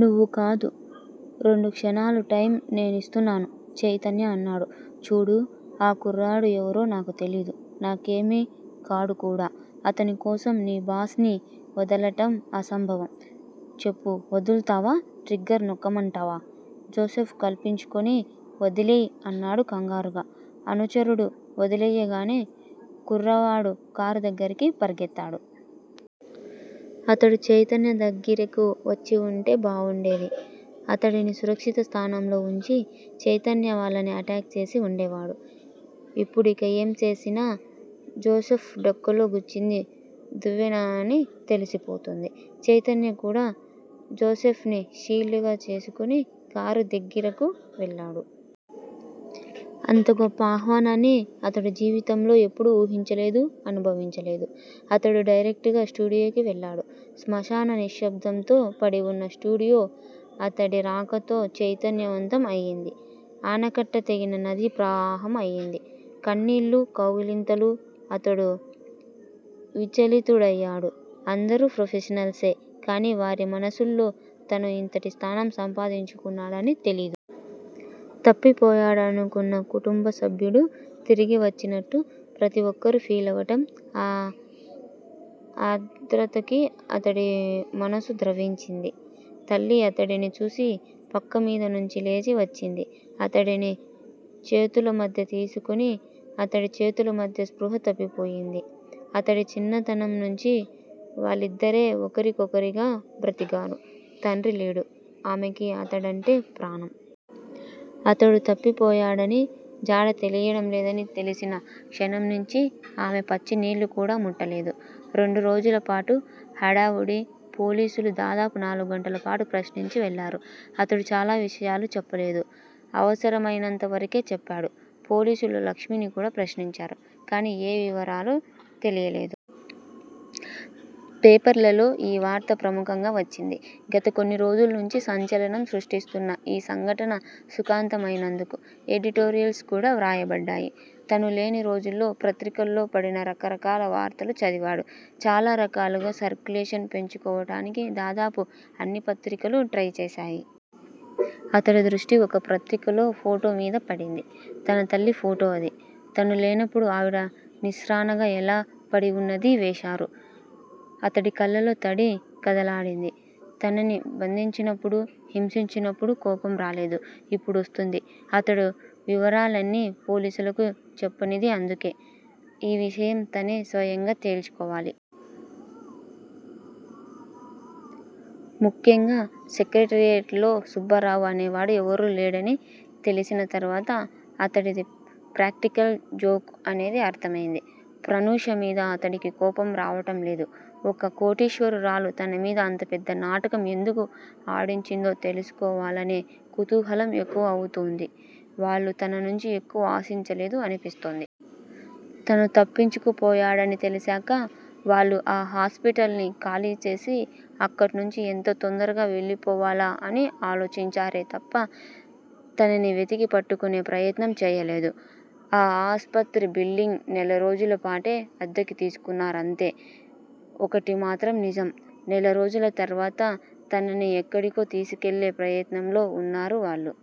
నువ్వు కాదు, రెండు క్షణాలు టైమ్ నేనిస్తున్నాను చైతన్య అన్నాడు. చూడూ ఆ కుర్రాడు ఎవరో నాకు తెలీదు. నాకేమీ కాడు కూడా. అతనికోసం నీ బాస్ ని వదలటం అసంభవం. చెప్పు వదుల్తావా? ట్రిగ్గర్ నొక్కమంటావా? జోసెఫ్ కల్పించుకుని వదిలెయ్ అన్నాడు కంగారుగా. అనుచరుడు వదిలెయ్యగానే కుర్రవాడు కారు దగ్గరికి పరిగెత్తాడు. అతడు చైతన్య దగ్గిరకు వచ్చివుంటే బావుండేది. అతడిని సురక్షిత స్థానంలో వుంచి చైతన్య వాళ్ళని అటాక్ చేసి వుండే వాడు. ఇప్పుడిక ఏం చేసినా, జోసెఫ్ డొక్కలో గుచ్చింది దువ్వెన అని తెలిసిపోతుంది. చైతన్య కూడా జోసెఫ్ ని షీల్డ్ గా చేసుకుని కారు దగ్గిరకు వెళ్ళాడు. అంత గొప్ప ఆహ్వానాన్ని అతడు జీవితంలో ఎప్పుడూ ఊహించలేదు, అనుభవించలేదు. అతడు డైరెక్టుగా స్టూడియోకి వెళ్ళాడు. శ్మశాన నిశ్శబ్దంతో పడివున్న స్టూడియో అతడి రాకతో చైతన్య వంతం అయింది. ఆనకట్ట తెగిన నదీప్రవాహం అయింది. కన్నీళ్ళూ, కౌగిలింతలూ అతడు విచలితుడయ్యాడు. అందరూ ప్రొఫెషనల్సే. కానీ వారి మనసుల్లో తను ఇంతటి స్థానం సంపాదించుకున్నాడని తెలీదు. తప్పిపోయాడనుకున్న కుటుంబసభ్యుడు తిరిగి వచ్చినట్టు ప్రతి ఒక్కరూ ఫీలవటం ఆ ఆర్ధ్రతకి అతడి మనసు ద్రవించింది. తల్లి అతడిని చూసి పక్కమీదనుంచి లేచి వచ్చింది. అతడిని చేతులమధ్య తీసుకుని, అతడి చేతులమధ్య స్పృహ తప్పిపోయింది. అతడి చిన్నతనంనుంచీ వాళ్ళిద్దరే ఒకరికొకరిగా బ్రతికారు. తండ్రి లేడు. ఆమెకి అతడంటే ప్రాణం. అతడు తప్పిపోయాడని, జాడ తెలియడంలేదనీ తెలిసిన క్షణంనుంచీ ఆమె పచ్చి మంచినీళ్ళు కూడా ముట్టలేదు. రెండు రోజులపాటు హడావుడి. పోలీసులు దాదాపు నాలుగు గంటలపాటు ప్రశ్నించి వెళ్ళారు. అతడు చాలా విషయాలు చెప్పలేదు. అవసరమయినంతవరకే చెప్పాడు. పోలీసులు లక్ష్మిని కూడా ప్రశ్నించారు. కానీ ఏ వివరాలూ తెలియలేదు. పేపర్లలో ఈ వార్త ప్రముఖంగా వచ్చింది. గత కొన్ని రోజుల్నుంచి సంచలనం సృష్టిస్తున్న ఈ సంఘటన సుఖాంతమైనందుకు ఎడిటోరియల్స్ కూడా వ్రాయబడ్డాయి. తను లేని రోజుల్లో పత్రికల్లో పడిన రకరకాల వార్తలు చదివాడు. చాలా రకాలుగా సర్క్యులేషన్ పెంచుకోవటానికి దాదాపు అన్ని పత్రికలూ ట్రై చేశాయి. అతడి దృష్టి ఒక పత్రికలో ఫోటోమీద పడింది. తన తల్లి ఫోటో అది. తను లేనప్పుడు ఆవిడ నిస్త్రాణగా ఎలా పడివున్నదీ వేశారు. అతడి కళ్ళల్లో తడి కదలాడింది. తనని బంధించినప్పుడూ, హింసించినప్పుడు కోపం రాలేదు. ఇప్పుడొస్తూంది. అతడు వివరాలన్నీ పోలీసులకు చెప్పనిది అందుకే. ఈ విషయం తనే స్వయంగా తేల్చుకోవాలి. ముఖ్యంగా, సెక్రట్రియేట్ లో సుబ్బారావు అనేవాడు ఎవరూ లేడని తెలిసిన తర్వాత అతడిది ప్రాక్టికల్ జోక్ అనేది అర్ధమైంది. ప్రనూష మీద అతడికి కోపం రావటంలేదు. ఒక కోటీశ్వరురాలు తనమీద అంత పెద్ద నాటకం ఎందుకు ఆడించిందో తెలుసుకోవాలనే కుతూహలం ఎక్కువ అవుతూంది. వాళ్ళు తననుంచి ఎక్కువ ఆశించలేదు అన్పిస్తోంది. తను తప్పించుకుపోయాడని తెలిశాక వాళ్ళు ఆ హాస్పిటల్ ని ఖాళీచేసి అక్కడ్నుంచి ఎంత తొందరగా వెళ్ళిపోవాలా అని ఆలోచించారే తప్ప తనని వెతికి పట్టుకునే ప్రయత్నం చేయలేదు. ఆ ఆస్పత్రి బిల్డింగ్ నెలరోజులపాటే అద్దెకి తీసుకున్నారంతే- ఒకటి మాత్రం నిజం! నెలరోజుల తర్వాత తనని ఎక్కడికో తీసుకెళ్ళే ప్రయత్నంలో వున్నారు వాళ్ళు.